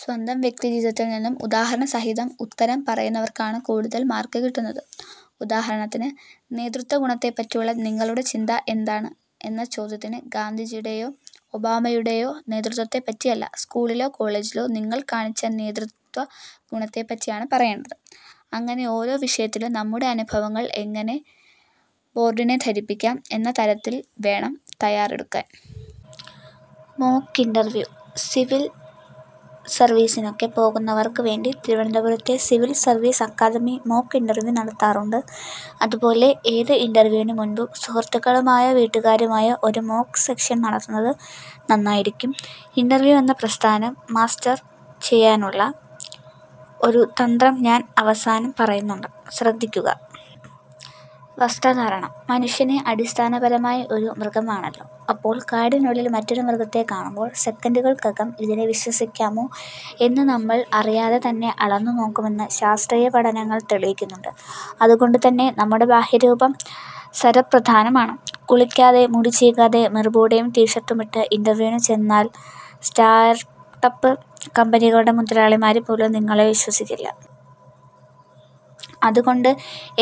സ്വന്തം വ്യക്തിജീവിതത്തില് നിന്നും ഉദാഹരണസഹിതം ഉത്തരം പറയുന്നവര്ക്കാണ് കൂടുതല് മാര്ക്ക് കിട്ടുന്നത്. ഉദാഹരണത്തിന് 'നേതൃത്വഗുണത്തെപ്പറ്റിയുള്ള നിങ്ങളുടെ ചിന്ത എന്താണ്. ' എന്ന ചോദ്യത്തിന് ഗാന്ധിജിയുടെയോ ഒബാമയുടെയോ നേതൃത്വത്തെപ്പറ്റിയല്ല, സ്കൂളിലോ കോളേജിലോ നിങ്ങള് കാണിച്ച നേതൃത്വഗുണത്തെപ്പറ്റിയാണ് പറയേണ്ടത്. അങ്ങനെ ഓരോ വിഷയത്തിലും നമ്മുടെ അനുഭവങ്ങള് എങ്ങനെ ബോര്ഡിനെ ധരിപ്പിക്കാം എന്ന തരത്തില് വേണം തയ്യാറെടുക്കാന്.. മോക്ക് ഇന്റര്വ്യൂ:സിവില് സർവീസ്സിനൊക്കെ പോകുന്നവര്ക്കു വേണ്ടി തിരുവനന്തപുരത്തെ civil service academy mock interview നടത്താറുണ്ട്. അതുപോലെ ഏത് ഇന്റർവ്യൂ വിന് മുന്പും സുഹൃത്തുക്കളുമായോ വീട്ടുകാരുമായോ ഒരു മോക്ക് സെഷന് നടത്തുന്നത് നന്നായിരിക്കും. ഇന്റർവ്യൂ എന്ന പ്രസ്ഥാനം മാസ്റ്റര് ചെയ്യാനുള്ള ഒരു തന്ത്രം ഞാന് അവസാനം പറയുന്നുണ്ട്, ശ്രദ്ധിക്കുക.. വസ്ത്രധാരണം:മനുഷ്യന് അടിസ്ഥാനപരമായി ഒരു മൃഗമാണല്ലോ. അപ്പോള് കാടിനുള്ളില് മറ്റൊരു മൃഗത്തെ കാണുമ്പോള് സെക്കന്റുകള്ക്കകം 'ഇതിനെ വിശ്വസിക്കാമോ' എന്ന് നമ്മള് അറിയാതെ തന്നെ അളന്നു നോക്കുമെന്ന് ശാസ്ത്രീയപഠനങ്ങള് തെളിയിക്കുന്നുണ്ട്. അതുകൊണ്ടുതന്നെ നമ്മുടെ ബാഹ്യരൂപം സര്വപ്രധാനമാണ്. കുളിക്കാതെ, മുടി ചീകാതെ, ബര്മുഡയും ടീഷര്ട്ടുമിട്ട് ഇന്റർവ്യൂവിന് ചെന്നാല് സ്റ്റാര്ട്ടപ്പ് കമ്പനികളുടെ മുതലാളിമാര് പോലും നിങ്ങളെ വിശ്വസിക്കില്ല. അതുകൊണ്ട്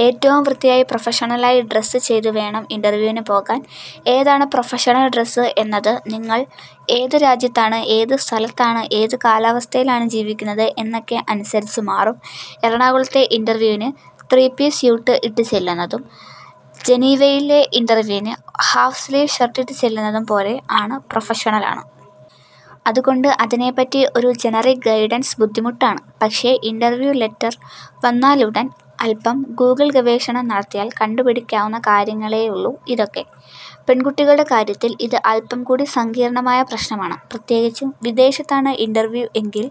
ഏറ്റവും വൃത്തിയായി പ്രൊഫഷണലായി ഡ്രസ്സ് ചെയ്തുവേണം ഇന്റർവ്യൂവിന് പോകാന്. ഏതാണ് പ്രൊഫഷണല് ഡ്രസ്സ് എന്നത് നിങ്ങള് ഏതു രാജ്യത്താണ്, ഏതു സ്ഥലത്താണ്, ഏത് കാലാവസ്ഥയിലാണ് ജീവിക്കുന്നത് എന്നതൊക്കെ അനുസരിച്ച് മാറും. എറണാകുളത്തെ ഇന്റർവ്യൂവിന് ത്രീ പീസ് സ്യൂട്ട് ഇട്ടു ചെല്ലുന്നതും ജനീവയിലെ ഇന്റർവ്യൂവിന് ഹാഫ് സ്ലീവ് ഷർട്ടിട്ടു ചെല്ലുന്നതും പോലെ അണ്പ്രൊഫഷണലാണ്. അതുകൊണ്ട് അതിനെപ്പറ്റി ഒരു ജനറിക് ഗൈഡന്സ് ബുദ്ധിമുട്ടാണ്. പക്ഷെ ഇന്റർവ്യൂ ലെറ്റര് വന്നാലുടന് അല്പം ഗൂഗിള് ഗവേഷണം നടത്തിയാല് കണ്ടുപിടിക്കാവുന്ന കാര്യങ്ങളേയുള്ളു ഇതൊക്കെ. പെണ്കുട്ടികളുടെ കാര്യത്തില് ഇത് അല്പം കൂടി സങ്കീര്ണ്ണമായ പ്രശ്നമാണ്. പ്രത്യേകിച്ചും വിദേശത്താണ് ഇന്റർവ്യൂ എങ്കില്.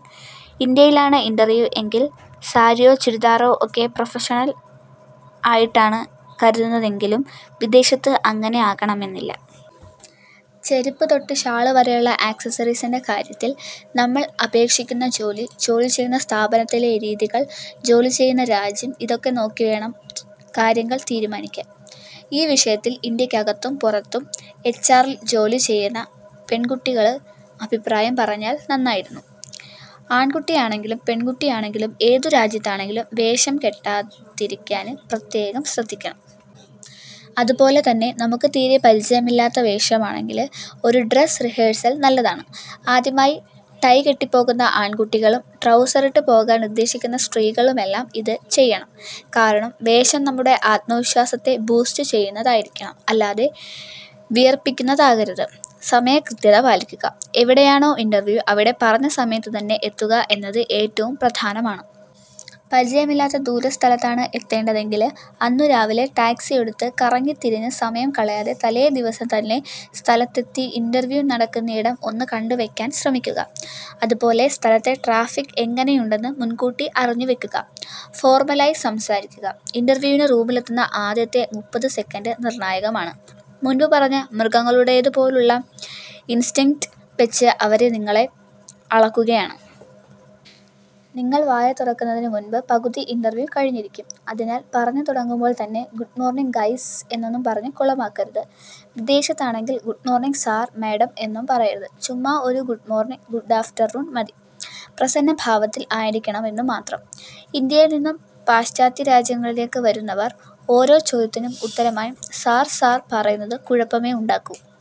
ഇന്ത്യയിലാണ് ഇന്റർവ്യൂ എങ്കില് സാരിയോ ചുരിദാറോ ഒക്കെ പ്രൊഫഷണല് ആയിട്ടാണ് കരുതുന്നതെങ്കിലും വിദേശത്ത് അങ്ങനെ ആകണമെന്നില്ല. ചെരിപ്പ് തൊട്ട് ഷാള് വരെയുള്ള ആക്സസസറീസിന്റെ കാര്യത്തില് നമ്മള് അപേക്ഷിക്കുന്ന ജോലി, ജോലി ചെയ്യുന്ന സ്ഥാപനത്തിലെ രീതികള്, ജോലി ചെയ്യുന്ന രാജ്യം ഇതൊക്കെ നോക്കിവേണം കാര്യങ്ങള് തീരുമാനിക്കാന്. ഈ വിഷയത്തില് ഇന്ത്യക്കകത്തും പുറത്തും എച്ച്ആറില് ജോലി ചെയ്യുന്ന പെണ്കുട്ടികള് അഭിപ്രായം പറഞ്ഞാല് നന്നായിരുന്നു. ആണ്കുട്ടിയാണെങ്കിലും പെണ്കുട്ടിയാണെങ്കിലും ഏതു രാജ്യത്താണെങ്കിലും 'വേഷം കെട്ടാ'തിരിക്കാന് പ്രത്യേകം ശ്രദ്ധിക്കണം. അതുപോലെ തന്നെ നമുക്ക് തീരെ പരിചയമില്ലാത്ത വേഷമാണെങ്കില് ഒരു ഡ്രസ്സ് റിഹേഴ്സല് നല്ലതാണ്. ആദ്യമായി ടൈ കെട്ടിപ്പോകുന്ന ആണ്കുട്ടികളും ട്രൗസറിട്ട് പോകാനുദ്ദേശിക്കുന്ന സ്ത്രീകളുമെല്ലാം ഇത് ചെയ്യണം. കാരണം വേഷം നമ്മുടെ ആത്മവിശ്വാസത്തെ ബൂസ്റ്റ് ചെയ്യുന്നതായിരിക്കണം, അല്ലാതെ വിയര്പ്പിക്കുന്നതാകരുത്.. സമയകൃത്യത പാലിക്കുക:എവിടെയാണോ ഇന്റര്വ്യൂ അവിടെ പറഞ്ഞ സമയത്തു തന്നെ എത്തുക എന്നത് ഏറ്റവും പ്രധാനമാണ്. പരിചയമില്ലാത്ത ദൂരസ്ഥലത്താണ് എത്തേണ്ടതെങ്കില് അന്നുരാവിലെ ടാക്സിയെടുത്ത് കറങ്ങിത്തിരിഞ്ഞ് സമയം കളയാതെ തലേദിവസം തന്നെ സ്ഥലത്തെത്തി ഇന്റർവ്യൂ നടക്കുന്നയിടം ഒന കണ്ടുവെക്കാന് ശ്രമിക്കുക. അതുപോലെ സ്ഥലത്തെ ട്രാഫിക് എങ്ങനെയുണ്ടെന്നും മുന്കൂട്ടി അറിഞ്ഞുവെക്കുക.. ഫോര്മലായി സംസാരിക്കുക:ഇന്റർവ്യൂവിന് റൂമിലെത്തുന്ന ആദ്യത്തെ മുപ്പത് സെക്കന്റ് നിര്ണ്ണായകമാണ്. മുന്പ് പറഞ്ഞ മൃഗങ്ങളുടേതു പോലുള്ള ഇന്സ്റ്റിന്ക്ട് വെച്ച് അവര് നിങ്ങളെ അളക്കുകയാണ്. നിങ്ങള് വായ തുറക്കുന്നതിനു മുന്പേ പകുതി ഇന്റർവ്യൂ കഴിഞ്ഞിരിക്കും. അതിനാല് പറഞ്ഞുതുടങ്ങുമ്പോള് തന്നെ 'ഗുഡ്മോര്ണിംഗ് ഗയ്സ്' എന്നൊന്നും പറഞ്ഞ് കുളമാക്കരുത്. വിദേശത്താണെങ്കില് ഗുഡ്മോര്ണിംഗ് സാര്/ മാഡം എന്നും പറയരുത്. ചുമ്മാ ഒരു ഗുഡ്മോര്ണിംഗ് ഗൂഡഫ്റ്റർനൂൺ മതി, പ്രസന്നഭാവത്തില് ആയിരിക്കണമെന്നു മാത്രം. ഇന്ത്യയില് നിന്നും പാശ്ചാത്യ രാജ്യങ്ങളിലേക്ക് വരുന്നവര് ഓരോ ചോദ്യത്തിനും ഉത്തരമായി സാര് സാര് പറയുന്നത് കുഴപ്പമേ ഉണ്ടാക്കൂ..